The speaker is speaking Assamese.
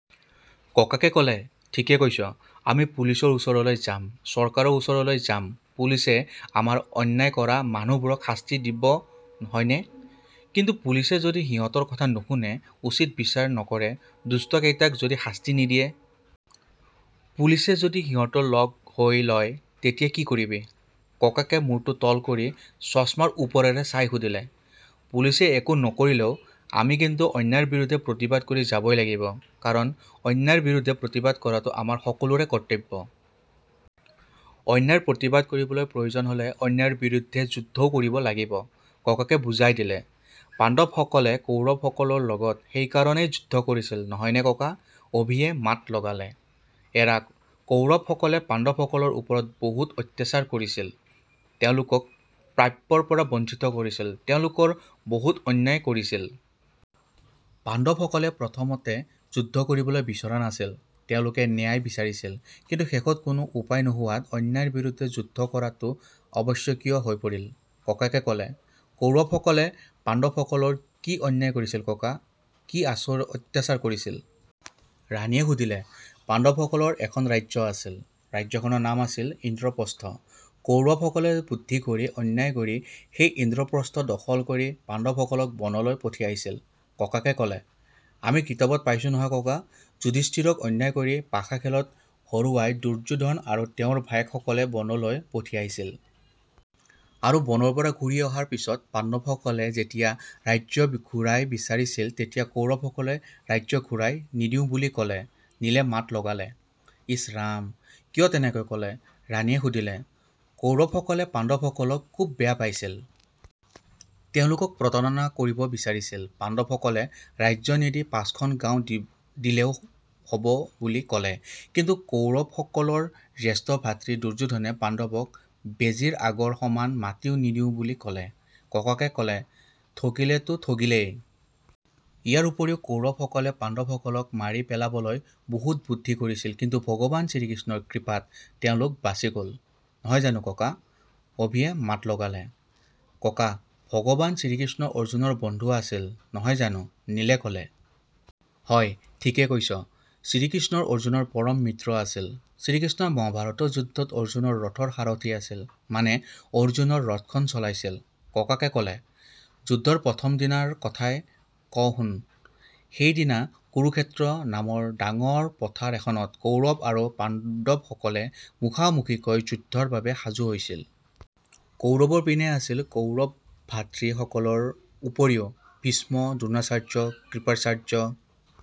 ককাকে সুধিলে। "ঠিকেই কৈছ। আমি পুলিছৰ ওচৰলৈ যাম, চৰকাৰৰ ওচৰলৈ যাম। পুলিছে আমাৰ অন্যায় কৰা মানুহবোৰক শাস্তি দিব নহয়নে"? "কিন্তু পুলিছে যদি তহঁতৰ কথা নুশুনে, উচিত বিচাৰ নকৰে, দুষ্ট কেইটাক যদি শাস্তি নিদিয়ে? পুলিছে যদি সিহঁতৰ লগ হৈ লয়, তেতিয়া কি কৰিবি"? ককাকে মূৰটো তল কৰি চশমাৰ ওপৰেৰে চাই সুধিলে। "পুলিছে একো নকৰিলেও আমি কিন্তু অন্যায়ৰ বিৰুদ্ধে প্ৰতিবাদ কৰি যাবই লাগিব। কাৰণ অন্যায়ৰ বিৰুদ্ধে প্ৰতিবাদ কৰাটো আমাৰ সকলোৰে কৰ্তব্য। অন্যায়ৰ প্ৰতিবাদ কৰিবলৈ প্ৰয়োজন হ'লে অন্যায়ৰ বিৰুদ্ধে যুদ্ধও কৰিব লাগিব"। ককাকে বুজাই দিলে। "পাণ্ডৱ সকলে কৌৰৱ সকলৰ লগত সেই কাৰণেই যুদ্ধ কৰিছিল, নহয়নে ককা", অভিয়ে মাত লগালে। "এৰা, কৌৰৱ সকলে পাণ্ডৱ সকলৰ ওপৰত বহুত অত্যাচাৰ কৰিছিল, তেওঁলোকক প্ৰাপ্যৰ পৰা বঞ্চিত কৰিছিল, তেওঁলোকৰ বহুত অন্যায় কৰিছিল। পাণ্ডৱ সকলেও প্ৰথমতে যুদ্ধ কৰিবলৈ বিচৰা নাছিল। তেওঁলোকে ন্যায় বিচাৰিছিল। কিন্তু শেষত কোনো উপায় নোহোৱাত অন্যায়ৰ বিৰুদ্ধে যুদ্ধ কৰাটো আৱশ্যকীয় হৈ পৰিল"। ককাকে ক'লে। "কৌৰৱ সকলে পাণ্ডৱ সকলৰ কি অন্যায় কৰিছিল ককা? কি অত্যাচাৰ কৰিছিল"? ৰাণীয়ে সুধিলে। "পাণ্ডৱ সকলৰ এখন ৰাজ্য আছিল। ৰাজ্যখনৰ নাম আছিল ইন্দ্ৰপ্ৰস্থ। কৌৰৱ সকলে বুদ্ধি কৰি, অন্যায় কৰি সেই ইন্দ্ৰপ্ৰস্থ দখল কৰি পাণ্ডৱ সকলক বনলৈ পঠিয়াইছিল"। ককাকে ক'লে। "আমি কিতাপত পাইছো নহয় ককা। যুধিস্থিৰক অন্যায় কৰি পাশা খেলত হৰুৱাই দুৰ্যোধন আৰু তেওঁৰ ভায়েক সকলে বনলৈ পঠিয়াইছিল। আৰু বনৰ পৰা ঘূৰি অহাৰ পিছত পাণ্ডৱ সকলে যেতিয়া ৰাজ্য ঘূৰাই বিচাৰিলে তেতিয়া কৌৰৱ সকলে ৰাজ্য ঘূৰাই নিদিওঁ বুলি ক'লে", নীলে মাত লগালে। "ইছ ৰাম। কিয় তেনেকৈ ক'লে"? ৰাণীয়ে সুধিলে। "কৌৰৱ সকলে পাণ্ডৱ সকলক খুব বেয়া পাইছিল। তেওঁলোকক প্ৰতাৰণা কৰিব বিচাৰিছিল। পাণ্ডৱ সকলে ৰাজ্য নিদি পাঁচখন গাওঁ দিলেও হ'ব বুলি ক'লে। কিন্তু কৌৰৱ সকলৰ জ্যেষ্ঠ ভাতৃ দুৰ্যোধনে পাণ্ডৱক বেজীৰ আগৰ সমান মাটিও নিদিওঁ বুলি ক'লে"। ককাকে ক'লে "ঠগিলে তো ঠগিলেই। ইয়াৰ উপৰিও কৌৰৱ সকলে পাণ্ডৱ সকলক মাৰি পেলাবলৈ বহুত বুদ্ধি কৰিছিল। কিন্তু ভগৱান শ্ৰীকৃষ্ণৰ কৃপাত তেওঁলোক বাচি গ'ল। নহয় জানো ককা", অভিয়ে মাত লগালে। "ককা, ভগৱান শ্ৰীকৃষ্ণ অৰ্জুনৰ বন্ধু আছিল, নহয় জানো"? নীলে ক'লে। "হয়, ঠিকেই কৈছ। শ্ৰীকৃষ্ণ অৰ্জুনৰ পৰম মিত্ৰ আছিল। শ্ৰীকৃষ্ণই মহাভাৰতৰ যুদ্ধত অৰ্জুনৰ ৰথৰ সাৰথি আছিল। মানে অৰ্জুনৰ ৰথখন চলাইছিল"। ককাকে ক'লে। "যুদ্ধৰ প্ৰথম দিনৰ কথাই কওঁ শুন। সেইদিনা কুৰুক্ষেত্ৰ নামৰ ডাঙৰ পথাৰ এখনত কৌৰৱ আৰু পাণ্ডৱ সকল মুখামুখিকৈ যুদ্ধৰ বাবে সাজু হৈছিল। কৌৰৱৰ পিনে আছিল কৌৰৱ ভাতৃ সকলৰ উপৰিও ভীষ্ম, দ্ৰোণাচাৰ্য, কৃপাচাৰ্য,